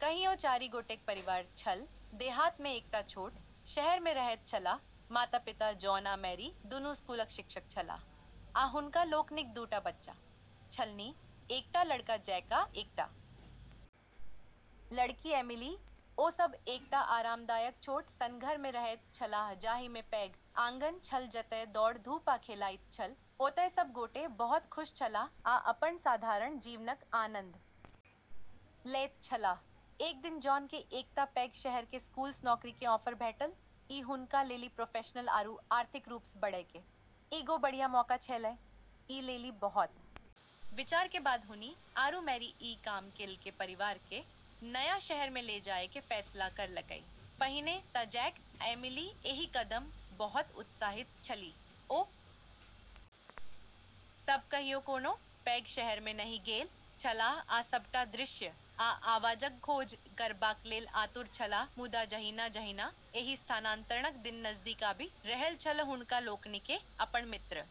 कहियो चारि गोटेक परिवार छल, देहात मे एकटा छोट शहर मे रहैत छलाह, माता-पिता जॉन आ मैरी दुनू स्कूलक शिक्षक छलाह आ हुनका लोकनिक दू टा बच्चा छलनि, एकटा लड़का जैक आ एकटा लड़की एमिली, ओ सभ एकटा आरामदायक छोट सन घर मे रहैत छलाह जाहि मे पैघ आँगन छल जतय दौड़-धूप आ खेलाइत छल, ओतय सब गोटे बहुत खुश छलाह आ अपन साधारण जीवनक आनंद लैत छलाह, एक दिन जॉन के एकटा पैघ शहर के स्कूल स नौकरी के ऑफर भेटल, ई हुनका लेली प्रोफेशनल आरू आर्थिक रूप स॑ बढ़ै के एगो बढ़िया मौका छेलै, ई लेली बहुत विचार के बाद हुनी आरू मैरी ई काम के ल के परिवार के नया शहर मे ले जाय के फैसला करलकै, पहिने त जैक आ एमिली एहि कदम स बहुत उत्साहित छलीह, ओ सभ कहियो कोनो पैघ शहर मे नहि गेल छलाह आ सभटा दृश्य आ आवाजक खोज करबाक लेल आतुर छलाह मुदा जहिना-जहिना एहि स्थानांतरणक दिन नजदीक आबि रहल छल हुनका लोकनि केँ अपन मित्र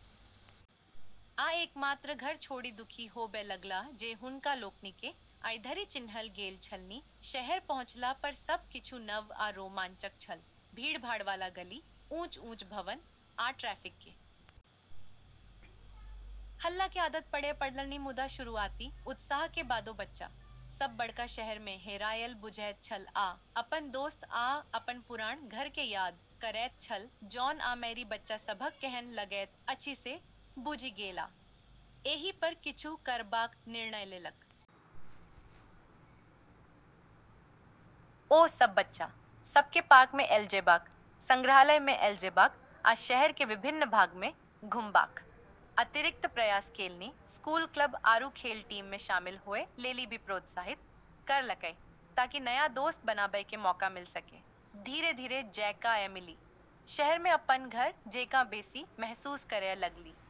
आ एकमात्र घर छोड़ि दुखी होबय लगलाह जे हुनका लोकनि केँ आइ धरि चिन्हल गेल छलनि, शहर पहुँचला पर सब किछु नव आ रोमांचक छल, भीड़-भाड़ वाला गली, ऊँच-ऊँच भवन आ ट्रैफिक के हल्ला के आदत पड़य पड़लनि मुदा शुरूआती उत्साह के बादो बच्चा सब बड़का शहर में हेरायल बुझैत छल आ अपन दोस्त आ अपन पुरान घर के याद करैत छल, जॉन आ मैरि बच्चा सभक केहन लगैत अछि से बुझि गेल आ एहि पर किछु करबाक निर्णय लेलक। ओ सब बच्चा सब के पार्क में ल जेबाक, संग्रहालय में ल जेबाक आ शहर के विभिन्न भाग में घुमबाक अतिरिक्त प्रयास केलनि, स्कूल क्लब आरू खेल टीम मे शामिल होय लेली भी प्रोत्साहित करलकै ताकि नया दोस्त बनाबै के मौका मिल सके, धीरे-धीरे जैक आ एमिली शहर मे अपन घर जेकाँ बेसी महसूस करय लगलीह।